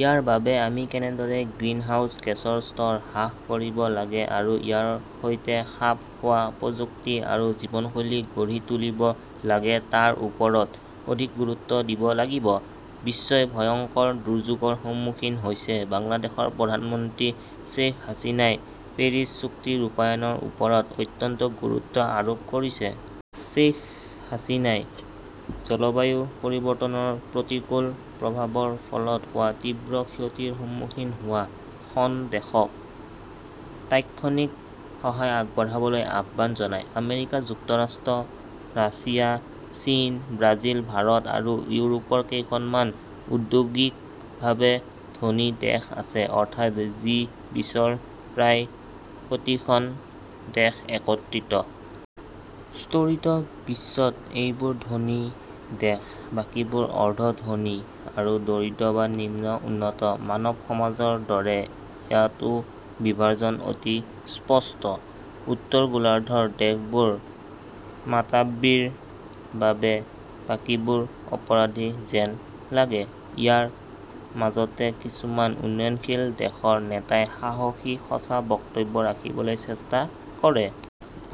ইয়াৰ বাবে আমি কেনেদৰে গ্ৰিনহাউজ গেছৰ স্তৰ হ্ৰাস কৰিব লাগে আৰু ইয়াৰ সৈতে খাপ খোৱা প্ৰযুক্তি আৰু জীৱনশৈলী গঢ়ি তুলিব লাগে তাৰ ওপৰত অধিক গুৰুত্ব দিব লাগিব। বিশ্বই ভয়ংকৰ দুৰ্যোগৰ সন্মুখীন হৈছে বাংলাদেশৰ প্ৰধানমন্ত্ৰী শ্বেইখ হাছিনাই পেৰিছ চুক্তি ৰূপায়ণৰ ওপৰত অত্যন্ত গুৰুত্ব আৰোপ কৰিছে। শ্বেইখ হাছিনাই জলবায়ু পৰিৱৰ্তনৰ প্ৰতিকূল প্ৰভাৱৰ ফলত হোৱা তীব্ৰ ক্ষতিৰ সন্মুখীন হোৱা খন দেশক তাৎক্ষণিক সহায় আগবঢ়াবলৈ আহ্বান জনায়। আমেৰিকা যুক্তৰাষ্ট্ৰ, ৰাছিয়া, চীন, ব্ৰাজিল, ভাৰত আৰু ইউৰোপৰ কেইখনমান ঔদ্যোগিকভাৱে ধনী দেশ আছে। অৰ্থাৎ, জি- বিছৰ প্ৰায় প্ৰতিখন দেশ একত্ৰিত। স্তৰিত বিশ্বত এইবোৰ ধনী দেশ; বাকীবোৰ অৰ্ধ-ধনী আৰু দৰিদ্ৰ বা নিম্ন-উন্নত। মানৱ সমাজৰ দৰে ইয়াতও বিভাজন অতি স্পষ্ট। উত্তৰ গোলাৰ্ধৰ দেশবোৰ মাতাব্ৰীৰ বাবে বাকীবোৰ অপৰাধী যেন লাগে। ইয়াৰ মাজতে কিছুমান উন্নয়নশীল দেশৰ নেতাই সাহসী, সঁচা বক্তব্য ৰাখিবলৈ চেষ্টা কৰে।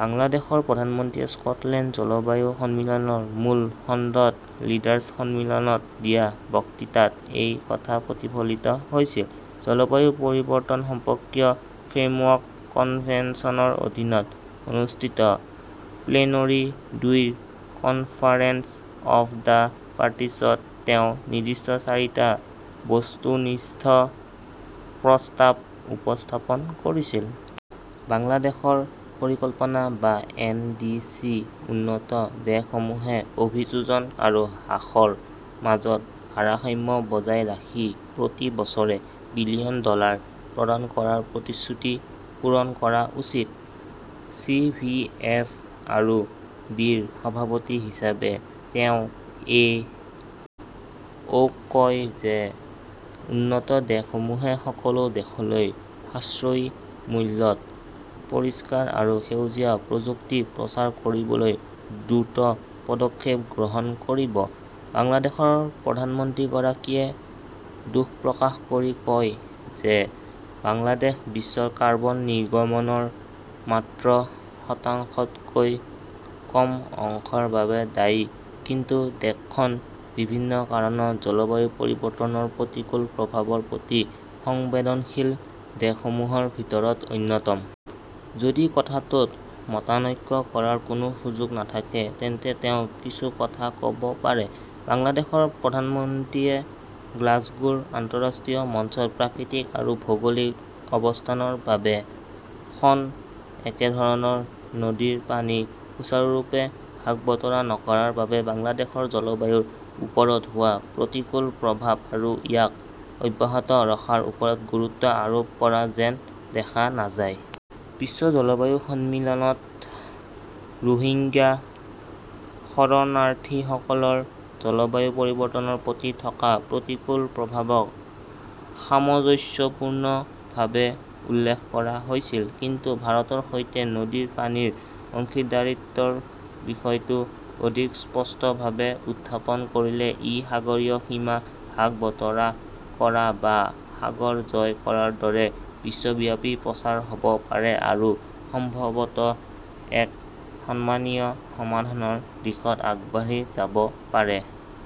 বাংলাদেশৰ প্ৰধানমন্ত্ৰীয়ে স্কটলেণ্ড জলবায়ু সন্মিলনৰ মূল খণ্ডত লিডাৰ্ছ সন্মিলনত দিয়া বক্তৃতাত এই কথা প্ৰতিফলিত হৈছিল। জলবায়ু পৰিৱৰ্তন সম্পৰ্কীয় ফ্ৰেমৱৰ্ক কনভেনচনৰ অধীনত অনুষ্ঠিত প্লেনৰী- দুইৰ কনফাৰেন্স অৱ দ্য পাৰ্টিছত তেওঁ নিৰ্দিষ্ট চাৰিটা বস্তুনিষ্ঠ প্ৰস্তাৱ উপস্থাপন কৰিছিল। বাংলাদেশৰ পৰিকল্পনা বা এন. ডি. চি. উন্নত দেশসমূহে অভিযোজন আৰু হ্ৰাসৰ মাজত ভাৰসাম্য বজাই ৰাখি প্ৰতি বছৰে বিলিয়ন ডলাৰ প্ৰদান কৰাৰ প্ৰতিশ্ৰুতি পূৰণ কৰা উচিত;. চি. ভি. এফ. আৰু ভি- -ৰ সভাপতি হিচাপে তেওঁ এ. অ'ক কয় যে উন্নত দেশসমূহে সকলো দেশলৈ সাশ্ৰয়ী মূল্যত পৰিষ্কাৰ আৰু সেউজীয়া প্ৰযুক্তি প্ৰচাৰ কৰিবলৈ দ্ৰুত পদক্ষেপ গ্ৰহণ কৰিব। বাংলাদেশৰ প্ৰধানমন্ত্ৰীয়ে দুখ প্ৰকাশ কৰি কয় যে বাংলাদেশ বিশ্বৰ কাৰ্বন নিৰ্গমনৰ মাত্ৰ শতাংশতকৈ কম অংশৰ বাবে দায়ী কিন্তু দেশখন বিভিন্ন কাৰণত জলবায়ু পৰিৱৰ্তনৰ প্ৰতিকূল প্ৰভাৱৰ প্ৰতি সংবেদনশীল দেশসমূহৰ ভিতৰত অন্যতম। যদি কথাটোত মতানৈক্য কৰাৰ কোনো সুযোগ নাথাকে, তেন্তে তেওঁ কিছু কথা ক'ব পাৰে। বাংলাদেশৰ প্ৰধানমন্ত্ৰীয়ে গ্লাছগোৰ আন্তঃৰাষ্ট্ৰীয় মঞ্চত প্ৰাকৃতিক আৰু ভৌগোলিক অৱস্থানৰ বাবে খন একেধৰণৰ নদীৰ পানীৰ সুচাৰুৰূপে ভাগ-বতৰা নকৰাৰ বাবে বাংলাদেশৰ জলবায়ুৰ ওপৰত হোৱা প্ৰতিকূল প্ৰভাৱ আৰু ইয়াক অব্যাহত ৰখাৰ ওপৰত গুৰুত্ব আৰোপ কৰা যেন দেখা নাযায়। বিশ্ব জলবায়ু সন্মিলনত ৰোহিংগ্যা শৰণাৰ্থীসকলৰ জলবায়ু পৰিৱৰ্তনৰ প্ৰতি থকা প্ৰতিকূল প্ৰভাৱক সামঞ্জস্যপূৰ্ণভাৱে উল্লেখ কৰা হৈছিল, কিন্তু ভাৰতৰ সৈতে নদীৰ পানীৰ অংশীদাৰিত্বৰ বিষয়টো অধিক স্পষ্টভাৱে উত্থাপন কৰিলে ই সাগৰীয় সীমা ভাগ-বতৰা কৰা বা সাগৰ জয় কৰাৰ দৰে বিশ্বব্যাপী প্ৰচাৰ হ'ব পাৰে আৰু সম্ভৱতঃ এক সন্মানীয় সমাধানৰ দিশত আগবাঢ়ি যাব পাৰে।